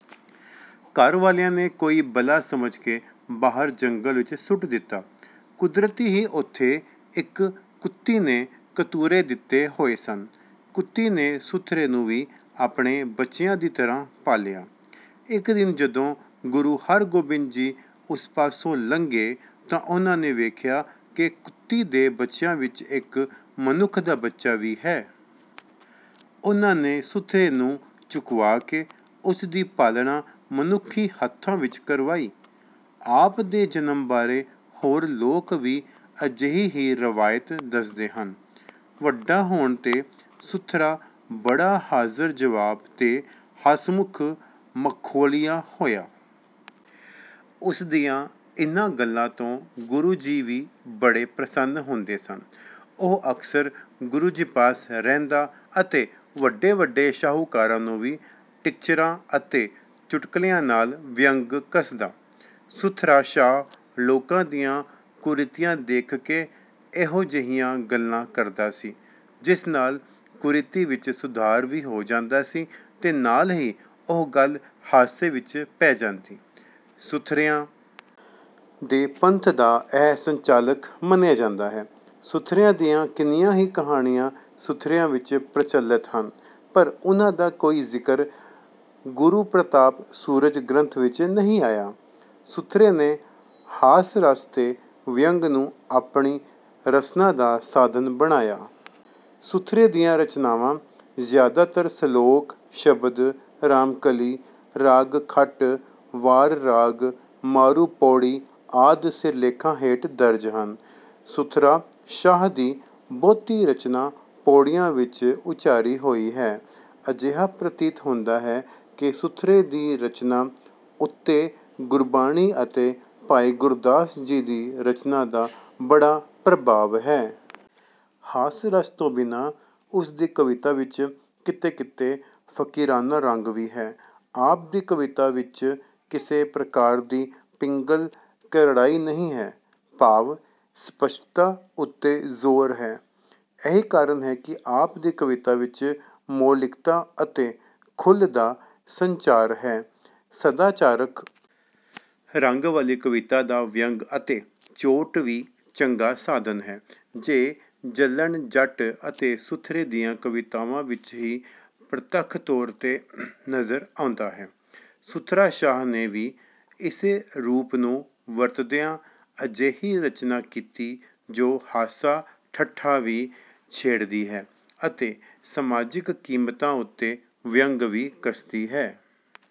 ਘਰ ਵਾਲਿਆਂ ਨੇ ਕੋਈ ਬਲਾ ਸਮਝ ਕੇ ਬਾਹਰ ਜੰਗਲ ਵਿੱਚ ਸੁੱਟ ਦਿੱਤਾ। ਕੁਦਰਤੀ ਹੀ ਉੱਥੇ ਇੱਕ ਕੁੱਤੀ ਨੇ ਕਤੂਰੇ ਦਿੱਤੇ ਹੋਏ ਸਨ। ਕੁੱਤੀ ਨੇ ਸੁਥਰੇ ਨੂੰ ਵੀ ਆਪਣੇ ਬੱਚਿਆਂ ਦੀ ਤਰ੍ਹਾਂ ਪਾਲਿਆ। ਇੱਕ ਦਿਨ ਜਦੋਂ ਗੁਰੂ ਹਰਿਗੋਬਿੰਦ ਜੀ ਉਸ ਪਾਸੋਂ ਲੰਘੇ ਤਾਂ ਉਨ੍ਹਾਂ ਨੇ ਵੇਖਿਆ ਕਿ ਕੁੱਤੀ ਦੇ ਬੱਚਿਆਂ ਵਿੱਚ ਇੱਕ ਮਨੁੱਖ ਦਾ ਬੱਚਾ ਵੀ ਹੈ। ਉਨ੍ਹਾਂ ਨੇ ਸੁਥਰੇ ਨੂੰ ਚੁਕਵਾ ਕੇ ਉਸ ਦੀ ਪਾਲਣਾ ਮਨੁੱਖੀ ਹੱਥਾਂ ਵਿੱਚ ਕਰਵਾਈ। ਆਪ ਦੇ ਜਨਮ ਬਾਰੇ ਹੋਰ ਲੋਕ ਵੀ ਅਜਿਹੀ ਹੀ ਰਵਾਇਤ ਦੱਸਦੇ ਹਨ। ਵੱਡਾ ਹੋਣ 'ਤੇ ਸੁਥਰਾ ਬੜਾ ਹਾਜ਼ਰ-ਜਵਾਬ ਤੇ ਹਸਮੁੱਖ ਮਖੌਲੀਆ ਹੋਇਆ। ਉਸ ਦੀਆਂ ਇਨ੍ਹਾਂ ਗੱਲਾਂ ਤੋਂ ਗੁਰੂ ਜੀ ਵੀ ਬੜੇ ਪ੍ਰਸੰਨ ਹੁੰਦੇ ਸਨ। ਉਹ ਅਕਸਰ ਗੁਰੂ ਜੀ ਪਾਸ ਰਹਿੰਦਾ ਅਤੇ ਵੱਡੇ-ਵੱਡੇ ਸ਼ਾਹੂਕਾਰਾਂ ਨੂੰ ਵੀ ਟਿਚਕਰਾਂ ਅਤੇ ਚੁਟਕਲਿਆਂ ਨਾਲ ਵਿਅੰਗ ਕੱਸਦਾ। ਸੁਥਰਾ ਸ਼ਾਹ ਲੋਕਾਂ ਦੀਆਂ ਕੁਰੀਤੀਆਂ ਦੇਖ ਕੇ ਇਹੋ ਜਿਹੀਆਂ ਗੱਲਾਂ ਕਰਦਾ ਸੀ, ਜਿਸ ਨਾਲ ਕੁਰੀਤੀ ਵਿੱਚ ਸੁਧਾਰ ਵੀ ਹੋ ਜਾਂਦਾ ਸੀ ਤੇ ਨਾਲ ਹੀ ਉਹ ਗੱਲ ਹਾਸੇ ਵਿੱਚ ਪੈ ਜਾਂਦੀ। ਸੁਥਰਿਆਂ ਦੇ ਪੰਥ ਦਾ ਇਹ ਸੰਚਾਲਕ ਮੰਨਿਆ ਜਾਂਦਾ ਹੈ। ਸੁਥਰਿਆਂ ਦੀਆਂ ਕਿੰਨੀਆਂ ਹੀ ਕਹਾਣੀਆਂ ਸੁਥਰਿਆਂ ਵਿੱਚ ਪ੍ਰਚਲਿਤ ਹਨ, ਪਰ ਉਨ੍ਹਾਂ ਦਾ ਕੋਈ ਜ਼ਿਕਰ "ਗੁਰੂ ਪ੍ਰਤਾਪ ਸੂਰਜ ਗ੍ਰੰਥ" ਵਿੱਚ ਨਹੀਂ ਆਇਆ। ਸੁਥਰੇ ਨੇ ਹਾਸ-ਰਸ ਤੇ ਵਿਅੰਗ ਨੂੰ ਆਪਣੀ ਰਚਨਾ ਦਾ ਸਾਧਨ ਬਣਾਇਆ। ਸੁਥਰੇ ਦੀਆਂ ਰਚਨਾਵਾਂ ਜ਼ਿਆਦਾਤਰ ਸਲੋਕ, ਸ਼ਬਦ, ਰਾਮਕਲੀ, ਰਾਗ ਖਟ, ਵਾਰ-ਰਾਗ ਮਾਰੂ ਪੌੜੀ ਆਦਿ ਸਿਰਲੇਖਾਂ ਹੇਠ ਦਰਜ ਹਨ। ਸੁਥਰਾ ਸ਼ਾਹ ਦੀ ਬਹੁਤੀ ਰਚਨਾ ਪੌੜੀਆਂ ਵਿੱਚ ਉਚਾਰੀ ਹੋਈ ਹੈ। ਅਜਿਹਾ ਪ੍ਰਤੀਤ ਹੁੰਦਾ ਹੈ ਕਿ ਸੁਥਰੇ ਦੀ ਰਚਨਾ ਉੱਤੇ ਗੁਰਬਾਣੀ ਅਤੇ ਭਾਈ ਗੁਰਦਾਸ ਜੀ ਦੀ ਰਚਨਾ ਦਾ ਬੜਾ ਪ੍ਰਭਾਵ ਹੈ। ਹਾਸ-ਰਸ ਤੋਂ ਬਿਨਾਂ ਉਸ ਦੀ ਕਵਿਤਾ ਵਿੱਚ ਕਿਤੇ-ਕਿਤੇ ਫ਼ਕੀਰਾਨਾ ਰੰਗ ਵੀ ਹੈ। ਆਪ ਦੀ ਕਵਿਤਾ ਵਿੱਚ ਕਿਸੇ ਪ੍ਰਕਾਰ ਦੀ ਪਿੰਗਲ ਕਰੜਾਈ ਨਹੀਂ ਹੈ, ਭਾਵ-ਸਪਸ਼ਟਤਾ ਉੱਤੇ ਜ਼ੋਰ ਹੈ। ਇਹੀ ਕਾਰਨ ਹੈ ਕਿ ਆਪ ਦੀ ਕਵਿਤਾ ਵਿੱਚ ਮੌਲਿਕਤਾ ਅਤੇ ਖੁੱਲ੍ਹ ਦਾ ਸੰਚਾਰ ਹੈ। ਸਦਾਚਾਰਕ ਰੰਗ ਵਾਲੀ ਕਵਿਤਾ ਦਾ ਵਿਅੰਗ ਅਤੇ ਚੋਟ ਵੀ ਚੰਗਾ ਸਾਧਨ ਹੈ, ਜੋ ਜੱਲਣ ਜੱਟ ਅਤੇ ਸੁਥਰੇ ਦੀਆਂ ਕਵਿਤਾਵਾਂ ਵਿੱਚ ਹੀ ਪ੍ਰਤੱਖ ਤੌਰ 'ਤੇ ਨਜ਼ਰ ਆਉਂਦਾ ਹੈ। ਸੁਥਰਾ ਸ਼ਾਹ ਨੇ ਵੀ ਇਸੇ ਰੂਪ ਨੂੰ ਵਰਤਦਿਆਂ ਅਜਿਹੀ ਰਚਨਾ ਕੀਤੀ ਜੋ ਹਾਸਾ-ਠੱਠਾ ਵੀ ਛੇੜਦੀ ਹੈ ਅਤੇ ਸਮਾਜਿਕ ਕੀਮਤਾਂ ਉੱਤੇ ਵਿਅੰਗ ਵੀ ਕੱਸਦੀ ਹੈ।